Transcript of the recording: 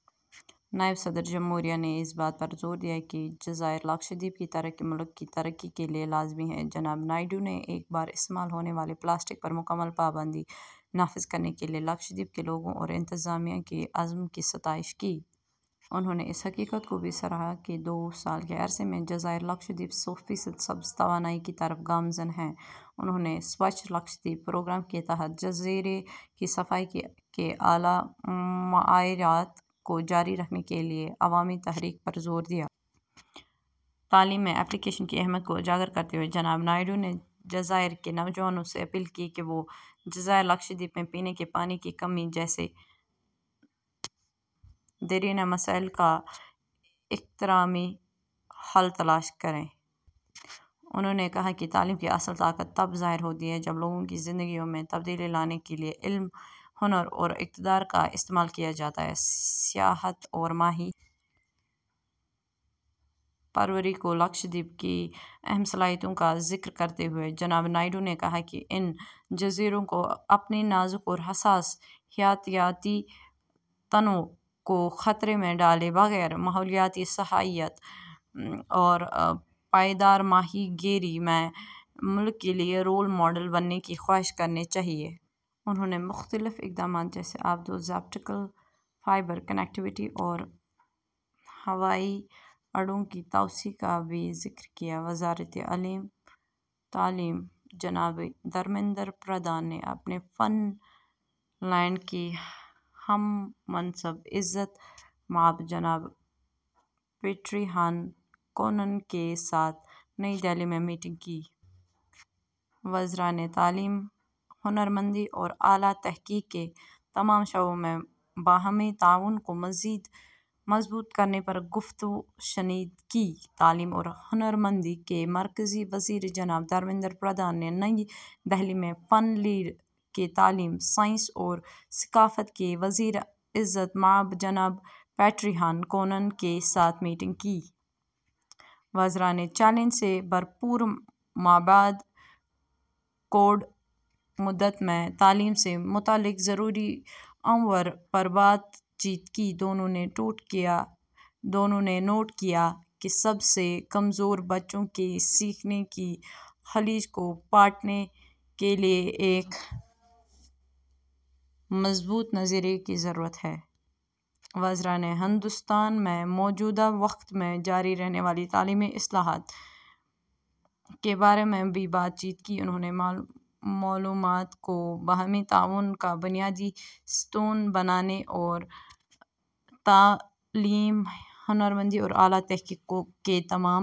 نائب صدر جمہوریہ نے اس بات پر زور دیا کہ جزائر لکشدیپ کی ترقی ملک کی ترقی کے لیے لازمی ہے۔ جناب نائیڈو نے ایک بار استعمال ہونے والے پلاسٹک پر مکمل پابندی نافذ کرنے کے لیے لکشدیپ کے لوگوں اور انتظامیہ کے عزم کی ستائش کی۔ انہوں نے اس حقیقت کو بھی سراہا کہ دو سال کے عرصے میں جزائر لکشدیپ سو فیصد سبز توانائی کی طرف گامزن ہیں۔ انہوں نے ’سوچھ لکشدیپ‘ پروگرام کے تحت جزیرے کی صفائی کے اعلیٰ معیارات کو جاری رکھنے کے لیے عوامی تحریک پر زور دیا۔ تعلیم میں ’اپلی کیشن‘ کی اہمیت کو اجاگر کرتے ہوئے، جناب نائیڈو نے جزائر کے نوجوانوں سے اپیل کی کہ وہ جزائر لکشدیپ میں پینے کے پانی کی کمی جیسے دیرینہ مسائل کا اختراعی حل تلاش کریں۔ انہوں نے کہا کہ ’’تعلیم کی اصل طاقت تب ظاہر ہوتی ہے جب لوگوں کی زندگیوں میں تبدیلی لانے کے لیے علم، ہنر اور اقدار کا استعمال کیا جاتا ہے۔‘‘ سیاحت اور ماہی پروری کو لکشدیپ کی اہم صلاحیتوں کا ذکر کرتے ہوئے جناب نائیڈو نے کہا کہ ان جزیروں کو اپنی نازک اور حساس حیاتیاتی تنوع کو خطرے میں ڈالے بغیر، ماحولیاتی سیاحت اور پائیدار ماہی گیری میں ملک کے لیے رول ماڈل بننے کی خواہش کرنی چاہیے۔ انہوں نے مختلف اقدامات جیسے آبدوز آپٹیکل فائبر کنیکٹیویٹی اور ہوائی اڈوں کی توسیع کا بھی ذکر کیا۔ وزارتِ تعلیم جناب دھرمیندر پردھان نے اپنے فن لینڈ کے ہم منصب عزت مآب جناب پیٹری ہان کونن کے ساتھ نئی دہلی میں میٹنگ کی۔ وزراء نے تعلیم، ہنرمندی اور اعلیٰ تحقیق کے تمام شعبوں میں باہمی تعاون کو مزید مضبوط کرنے پر گفت و شنید کی۔ تعلیم اور ہنرمندی کے مرکزی وزیر جناب دھرمیندر پردھان نے نئی دہلی میں فن لینڈ کے تعلیم، سائنس اور ثقافت کے وزیر عزت مآب جناب پیٹری ہان کونن کے ساتھ میٹنگ کی۔ وزراء نے چیلنج سے بھرپور مابعد کووڈ مدت میں تعلیم سے متعلق ضروری امور پر بات چیت کی۔ دونوں نے نوٹ کیا کہ سب سے کمزور بچوں کے سیکھنے کی خلیج کو پاٹنے کے لیے ایک مضبوط نظریے کی ضرورت ہے۔ وزراء نے ہندوستان میں موجودہ وقت میں جاری رہنے والی تعلیمی اصلاحات کے بارے میں بھی بات چیت کی۔ انہوں نے معلومات کو باہمی تعاون کا بنیادی ستون بنانے اور تعلیم، ہنرمندی اور اعلیٰ تحقیق کے تمام